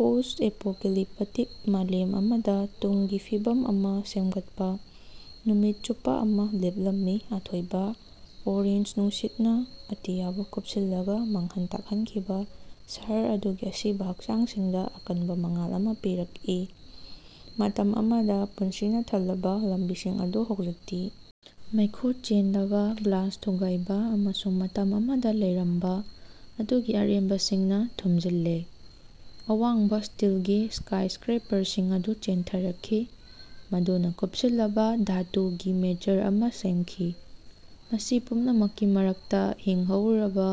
"Post-apocalyptic ꯃꯥꯂꯦꯝ ꯑꯃꯗꯥ ꯇꯨꯡꯒꯤ ꯐꯤꯕꯝ ꯑꯃꯥ ꯁꯦꯝꯒꯠꯄꯥ꯫ ꯅꯨꯃꯤꯠ ꯆꯨꯞꯄꯥ ꯑꯃꯥ ꯂꯦꯞꯂꯝꯃꯤ, ꯑꯊꯣꯏꯕꯥ ꯑꯣꯔꯦꯟꯖ ꯅꯨꯡꯁꯤꯠꯅꯥ ꯑꯇꯤꯌꯥꯕꯨ ꯀꯨꯄꯁꯤꯜꯂꯒꯥ, ꯃꯥꯡꯍꯟ ꯇꯥꯛꯍꯟꯈꯤꯕꯥ ꯁꯍꯔ ꯑꯗꯨꯒꯤ ꯑꯁꯤꯕꯥ ꯍꯛꯆꯥꯡꯁꯤꯡꯗꯥ ꯑꯀꯟꯕꯥ ꯃꯉꯥꯜ ꯑꯃꯥ ꯄꯤꯔꯛꯏ꯫ ꯃꯇꯝ ꯑꯃꯗꯥ ꯄꯨꯟꯁꯤꯅꯥ ꯊꯜꯂꯕꯥ ꯂꯝꯕꯤꯁꯤꯡ ꯑꯗꯨ ꯍꯧꯖꯤꯛꯇꯤ ꯃꯩꯈꯨ ꯆꯦꯟꯗꯕꯥ, ꯒ꯭ꯂꯥꯁ ꯊꯨꯒꯥꯏꯕꯥ ꯑꯃꯁꯨꯡ ꯃꯇꯝ ꯑꯃꯗꯥ ꯂꯩꯔꯝꯕꯥ ꯑꯗꯨꯒꯤ ꯑꯔꯦꯝꯕꯁꯤꯡꯅꯥ ꯊꯨꯝꯖꯤꯜꯂꯦ꯫ ꯑꯋꯥꯡꯕꯥ ꯁ꯭ꯇꯤꯜꯒꯤ ꯁ꯭ꯀꯥꯏꯁ꯭ꯀꯔꯦꯄꯔꯁꯤꯡ ꯑꯗꯨ ꯆꯦꯟꯊꯔꯛꯈꯤ꯫ ꯃꯗꯨꯅꯥ ꯀꯨꯄꯁꯤꯜꯂꯕꯥ ꯙꯥꯇꯨꯒꯤ ꯃꯦꯖꯔ ꯑꯃꯥ ꯁꯦꯝꯈꯤ꯫ ꯃꯁꯤ ꯄꯨꯝꯅꯃꯛꯀꯤ ꯃꯔꯛꯇꯥ ꯍꯤꯡꯍꯧꯔꯕꯥ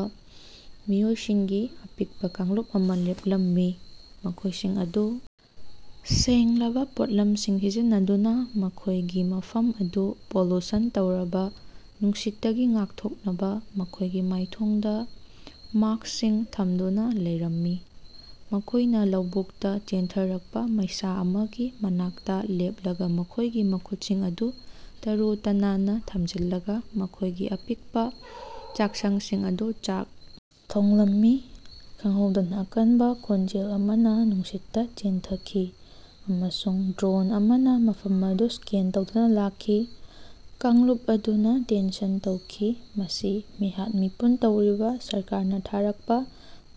ꯃꯤꯑꯣꯏꯁꯤꯡꯒꯤ ꯑꯄꯤꯛꯄꯥ ꯀꯥꯡꯂꯨꯞ ꯑꯃꯥ ꯂꯦꯞꯂꯝꯃꯤ꯫ ꯃꯈꯣꯏꯁꯤꯡ ꯑꯗꯨ ꯁꯦꯡꯂꯕꯥ ꯄꯣꯠꯂꯝꯁꯤꯡ ꯁꯤꯖꯤꯟꯅꯗꯨꯅꯥ ꯃꯈꯣꯏꯒꯤ ꯃꯐꯝ ꯑꯗꯨ ꯄꯣꯂꯨꯁꯟ ꯇꯧꯔꯕꯥ ꯅꯨꯡꯁꯤꯠꯇꯒꯤ ꯉꯥꯛꯊꯣꯛꯅꯕꯥ ꯃꯈꯣꯏꯒꯤ ꯃꯥꯏꯊꯣꯡꯗꯥ ꯃꯥꯁ꯭ꯀꯁꯤꯡ ꯊꯝꯗꯨꯅꯥ ꯂꯩꯔꯝꯃꯤ꯫ ꯃꯈꯣꯏꯅꯥ ꯂꯧꯕꯨꯛꯇꯥ ꯆꯦꯟꯊꯔꯛꯄꯥ ꯃꯩꯁꯥ ꯑꯃꯒꯤ ꯃꯅꯥꯛꯇꯥ ꯂꯦꯞꯂꯒꯥ ꯃꯈꯣꯏꯒꯤ ꯃꯈꯨꯠꯁꯤꯡ ꯑꯗꯨ ꯇꯔꯨ ꯇꯅꯥꯟꯅꯥ ꯊꯝꯖꯤꯜꯂꯒꯥ ꯃꯈꯣꯏꯒꯤ ꯑꯄꯤꯛꯄꯥ ꯆꯥꯛꯁꯪꯁꯤꯡ ꯑꯗꯨ ꯆꯥꯛ ꯊꯣꯡꯂꯝꯃꯤ꯫ ꯈꯪꯍꯧꯗꯅꯥ ꯑꯀꯟꯕꯥ ꯈꯣꯟꯖꯦꯜ ꯑꯃꯅꯥ ꯅꯨꯡꯁꯤꯠꯇꯥ ꯆꯦꯟꯊꯈꯤ, ꯑꯃꯁꯨꯡ ꯗ꯭ꯔꯣꯟ ꯑꯃꯅꯥ ꯃꯐꯝ ꯑꯗꯨ ꯁ꯭ꯀꯦꯟ ꯇꯧꯗꯨꯅꯥ ꯂꯥꯛꯈꯤ꯫ ꯀꯥꯡꯂꯨꯞ ꯑꯗꯨꯅꯥ ꯇꯦꯟꯁꯟ ꯇꯧꯈꯤ꯫ ꯃꯁꯤ ꯃꯤꯍꯥꯠ-ꯃꯤꯄꯨꯟ ꯇꯧꯔꯤꯕꯥ ꯁꯔꯀꯥꯔꯅꯥ ꯊꯥꯔꯛꯄꯥ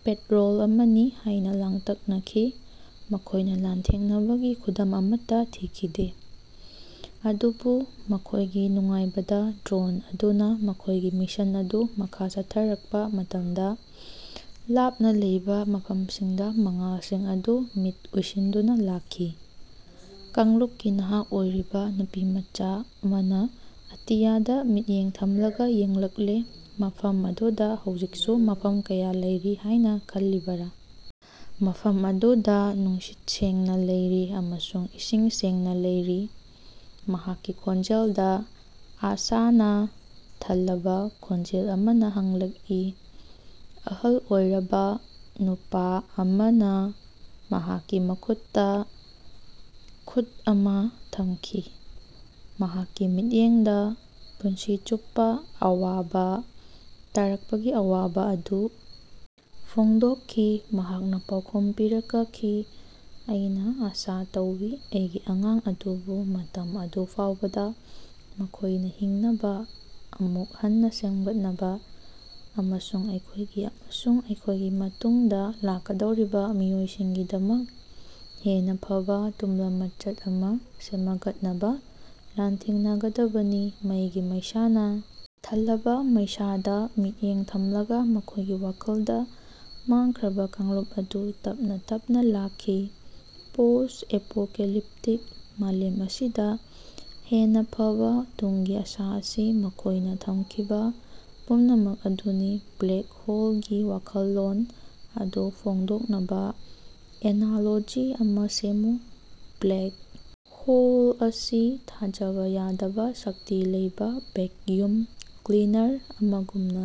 ꯄꯦꯠꯔꯣꯜ ꯑꯃꯅꯤ ꯍꯥꯌꯅꯥ ꯂꯥꯡꯇꯛꯅꯈꯤ꯫ ꯃꯈꯣꯏꯅꯥ ꯂꯥꯟꯊꯦꯡꯅꯕꯒꯤ ꯈꯨꯗꯝ ꯑꯃꯠꯇꯥ ꯊꯤꯈꯤꯗꯦ꯫ ꯑꯗꯨꯕꯨ, ꯃꯈꯣꯏꯒꯤ ꯅꯨꯡꯉꯥꯏꯕꯗꯥ ꯗ꯭ꯔꯣꯟ ꯑꯗꯨꯅꯥ ꯃꯈꯣꯏꯒꯤ ꯃꯤꯁꯟ ꯑꯗꯨ ꯃꯈꯥ ꯆꯠꯊꯔꯛꯄꯥ ꯃꯇꯝꯗꯥ ꯂꯥꯞꯅꯥ ꯂꯩꯕꯥ ꯃꯐꯝꯁꯤꯡꯗꯥ ꯃꯉꯥꯜꯁꯤꯡ ꯑꯗꯨ ꯃꯤꯠ ꯎꯏꯁꯤꯟꯗꯨꯅꯥ ꯂꯥꯛꯈꯤ꯫ ꯀꯥꯡꯂꯨꯄꯀꯤ ꯅꯍꯥ ꯑꯣꯏꯔꯤꯕꯥ ꯅꯨꯄꯤꯃꯆꯥ ꯑꯃꯅꯥ ꯑꯇꯤꯌꯥꯗꯥ ꯃꯤꯠꯌꯦꯡ ꯊꯝꯂꯒꯥ ꯌꯦꯡꯂꯛꯂꯦ꯫ ꯃꯐꯝ ꯑꯗꯨꯗꯥ ꯍꯧꯖꯤꯛꯁꯨ ꯃꯐꯝ ꯀꯌꯥ ꯂꯩꯔꯤ ꯍꯥꯌꯅꯥ ꯈꯜꯂꯤꯕꯔꯥ? ꯃꯐꯝ ꯑꯗꯨꯗꯥ ꯅꯨꯡꯁꯤꯠ ꯁꯦꯡꯅꯥ ꯂꯩꯔꯤ ꯑꯃꯁꯨꯡ ꯏꯁꯤꯡ ꯁꯦꯡꯅꯥ ꯂꯩꯔꯤ꯫ ꯃꯍꯥꯛꯀꯤ ꯈꯣꯟꯖꯦꯜꯗꯥ ꯑꯥꯁꯥꯅꯥ ꯊꯜꯂꯕꯥ ꯈꯣꯟꯖꯦꯜ ꯑꯃꯅ ꯍꯪꯂꯛꯏ꯫ ꯑꯍꯜ ꯑꯣꯏꯔꯕꯥ ꯅꯨꯄꯥ ꯑꯃꯅꯥ ꯃꯍꯥꯛꯀꯤ ꯃꯈꯨꯠꯇꯥ ꯈꯨꯠ ꯑꯃꯥ ꯊꯝꯈꯤ꯫ ꯃꯍꯥꯛꯀꯤ ꯃꯤꯠꯌꯦꯡꯗꯥ ꯄꯨꯟꯁꯤ ꯆꯨꯞꯄꯥ ꯑꯋꯥꯕꯥ ꯇꯥꯔꯛꯄꯒꯤ ꯑꯋꯥꯕꯥ ꯑꯗꯨ ꯐꯣꯡꯗꯣꯀꯈꯤ꯫ ꯃꯍꯥꯛꯅꯥ ꯄꯥꯎꯈꯨꯝ ꯄꯤꯔꯀꯈꯤ, "ꯑꯩꯅꯥ ꯑꯥꯁꯥ ꯇꯧꯏ, ꯑꯩꯒꯤ ꯑꯉꯥꯡ ꯑꯗꯨꯕꯨ ꯃꯇꯝ ꯑꯗꯨ ꯐꯥꯎꯕꯗꯥ ꯃꯈꯣꯏꯅꯥ ꯍꯤꯡꯅꯕꯥ, ꯑꯃꯨꯛ ꯍꯟꯅꯥ ꯁꯦꯝꯒꯠꯅꯕꯥ ꯑꯃꯁꯨꯡ ꯑꯩꯈꯣꯏꯒꯤ ꯑꯃꯁꯨꯡ ꯑꯩꯈꯣꯏꯒꯤ ꯃꯇꯨꯡꯗꯥ ꯂꯥꯛꯀꯗꯧꯔꯤꯕꯥ ꯃꯤꯑꯣꯏꯁꯤꯡꯒꯤꯗꯃꯛ ꯍꯦꯟꯅꯥ ꯐꯕꯥ ꯇꯨꯡꯂꯃꯆꯠ ꯑꯃꯥ ꯁꯦꯃꯒꯠꯅꯕꯥ ꯂꯥꯟꯊꯦꯡꯅꯒꯗꯕꯅꯤ꯫ ꯃꯩꯒꯤ ꯃꯩꯁꯥꯅꯥ ꯊꯜꯂꯕꯥ ꯃꯩꯁꯥꯗꯥ ꯃꯤꯠꯌꯦꯡ ꯊꯝꯂꯒꯥ ꯃꯈꯣꯏꯒꯤ ꯋꯥꯈꯜꯗꯥ ꯃꯥꯡꯈ꯭ꯔꯕꯥ ꯀꯥꯡꯂꯨꯞ ꯑꯗꯨ ꯇꯞꯅꯥ ꯇꯞꯅꯥ ꯂꯥꯛꯈꯤ꯫ ꯄꯣꯁ꯭ꯠ-ꯑꯦꯄꯣꯀꯦꯂꯤꯄꯇꯤꯛ ꯃꯥꯂꯦꯝ ꯑꯁꯤꯗꯥ ꯍꯦꯟꯅꯥ ꯐꯕꯥ ꯇꯨꯡꯒꯤ ꯑꯥꯁꯥ ꯑꯁꯤ ꯃꯈꯣꯏꯅꯥ ꯊꯝꯈꯤꯕꯥ ꯄꯨꯝꯅꯃꯛ ꯑꯗꯨꯅꯤ꯫ ꯕ꯭ꯂꯦꯛ ꯍꯣꯂꯒꯤ ꯋꯥꯈꯜꯂꯣꯟ ꯑꯗꯨ ꯐꯣꯡꯗꯣꯛꯅꯕꯥ ꯑꯦꯅꯥꯂꯣꯖꯤ ꯑꯃꯥ ꯁꯦꯝꯃꯨ꯫ ꯕ꯭ꯂꯦꯛ ꯍꯣꯜ ꯑꯁꯤ ꯊꯥꯖꯕꯥ ꯌꯥꯗꯕꯥ ꯁꯛꯇꯤ ꯂꯩꯕꯥ ꯚꯦꯛꯌꯨꯝ ꯀ꯭ꯂꯤꯅꯔ ꯑꯃꯒꯨꯝꯅꯥ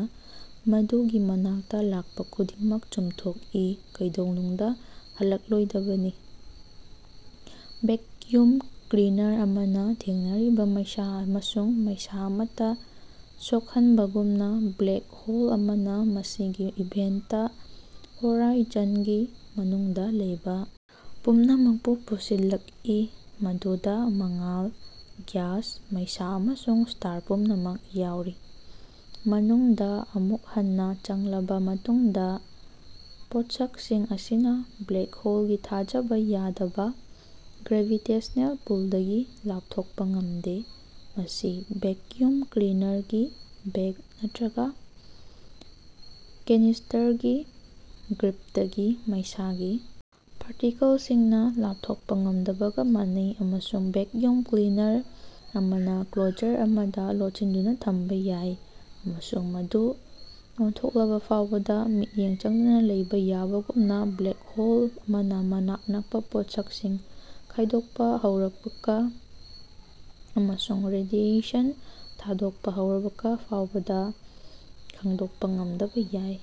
ꯃꯗꯨꯒꯤ ꯃꯅꯥꯛꯇꯥ ꯂꯥꯛꯄꯥ ꯈꯨꯗꯤꯡꯃꯛ ꯆꯨꯝꯊꯣꯛꯏ ꯀꯩꯗꯧꯅꯨꯡꯗꯥ ꯍꯜꯂꯛꯂꯣꯏꯗꯕꯅꯤ꯫ ꯚꯦꯛꯌꯨꯝ ꯀ꯭ꯂꯤꯅꯔ ꯑꯃꯅꯥ ꯊꯦꯡꯅꯔꯤꯕꯥ ꯃꯩꯁꯥ ꯑꯃꯁꯨꯡ ꯃꯩꯁꯥ ꯑꯃꯠꯇꯥ ꯁꯣꯀꯍꯟꯕꯒꯨꯝꯅꯥ ꯕ꯭ꯂꯦꯛ ꯍꯣꯜ ꯑꯃꯅꯥ ꯃꯁꯤꯒꯤ ꯏꯚꯦꯟꯇ ꯍꯣꯔꯥꯏꯖꯟꯒꯤ ꯃꯅꯨꯡꯗꯥ ꯂꯩꯕꯥ ꯄꯨꯝꯅꯃꯛꯄꯨ ꯄꯨꯁꯤꯜꯂꯛꯏ, ꯃꯗꯨꯗꯥ ꯃꯉꯥꯜ, ꯒ꯭ꯌꯥꯁ, ꯃꯩꯁꯥ ꯑꯃꯁꯨꯡ ꯁ꯭ꯇꯥꯔ ꯄꯨꯝꯅꯃꯛ ꯌꯥꯎꯔꯤ꯫ ꯃꯅꯨꯡꯗꯥ ꯑꯃꯨꯛ ꯍꯟꯅꯥ ꯆꯪꯂꯕꯥ ꯃꯇꯨꯡꯗꯥ, ꯄꯣꯠꯁꯀꯁꯤꯡ ꯑꯁꯤꯅꯥ ꯕ꯭ꯂꯦꯛ ꯍꯣꯂꯒꯤ ꯊꯥꯖꯕꯥ ꯌꯥꯗꯕꯥ ꯒ꯭ꯔꯦꯚꯤꯇꯦꯁꯅꯦꯜ ꯄꯨꯜꯗꯒꯤ ꯂꯥꯄꯊꯣꯛꯄꯥ ꯉꯝꯗꯦ, ꯃꯁꯤ ꯚꯦꯛꯌꯨꯝ ꯀ꯭ꯂꯤꯅꯔꯒꯤ ꯕꯦꯒ ꯅꯠꯇ꯭ꯔꯒꯥ ꯀꯦꯅꯤꯁ꯭ꯇꯔꯒꯤ ꯒ꯭ꯔꯤꯄꯇꯒꯤ ꯃꯩꯁꯥꯒꯤ ꯄꯥꯔꯇꯤꯀꯂꯁꯤꯡꯅꯥ ꯂꯥꯄꯊꯣꯛꯄꯥ ꯉꯝꯗꯕꯒꯥ ꯃꯥꯟꯅꯩ꯫ ꯑꯃꯁꯨꯡ ꯚꯦꯛꯌꯨꯝ ꯀ꯭ꯂꯤꯅꯔ ꯑꯃꯅꯥ ꯀ꯭ꯂꯣꯖꯔ ꯑꯃꯗꯥ ꯂꯣꯠꯁꯤꯟꯗꯨꯅꯥ ꯊꯝꯕꯥ ꯌꯥꯏ ꯑꯃꯁꯨꯡ ꯃꯗꯨ ꯑꯣꯟꯊꯣꯛꯂꯕꯥ ꯐꯥꯎꯕꯗꯥ ꯃꯤꯠꯌꯦꯡ ꯆꯪꯗꯅꯥ ꯂꯩꯕꯥ ꯌꯥꯕꯒꯨꯝꯅꯥ ꯕ꯭ꯂꯦꯛ ꯍꯣꯜ ꯑꯃꯅꯥ ꯃꯅꯥꯛ ꯅꯛꯄꯥ ꯄꯣꯠꯁꯀꯁꯤꯡ ꯈꯥꯏꯗꯣꯛꯄꯥ ꯍꯧꯔꯚꯄꯥ ꯑꯃꯁꯨꯡ ꯔꯦꯗꯤꯑꯦꯁꯟ ꯊꯥꯗꯣꯛꯄꯥ ꯍꯧꯔꯚꯄꯥ ꯐꯥꯎꯕꯗꯥ ꯈꯪꯗꯣꯛꯄꯥ ꯉꯝꯗꯕꯥ ꯌꯥꯏ꯫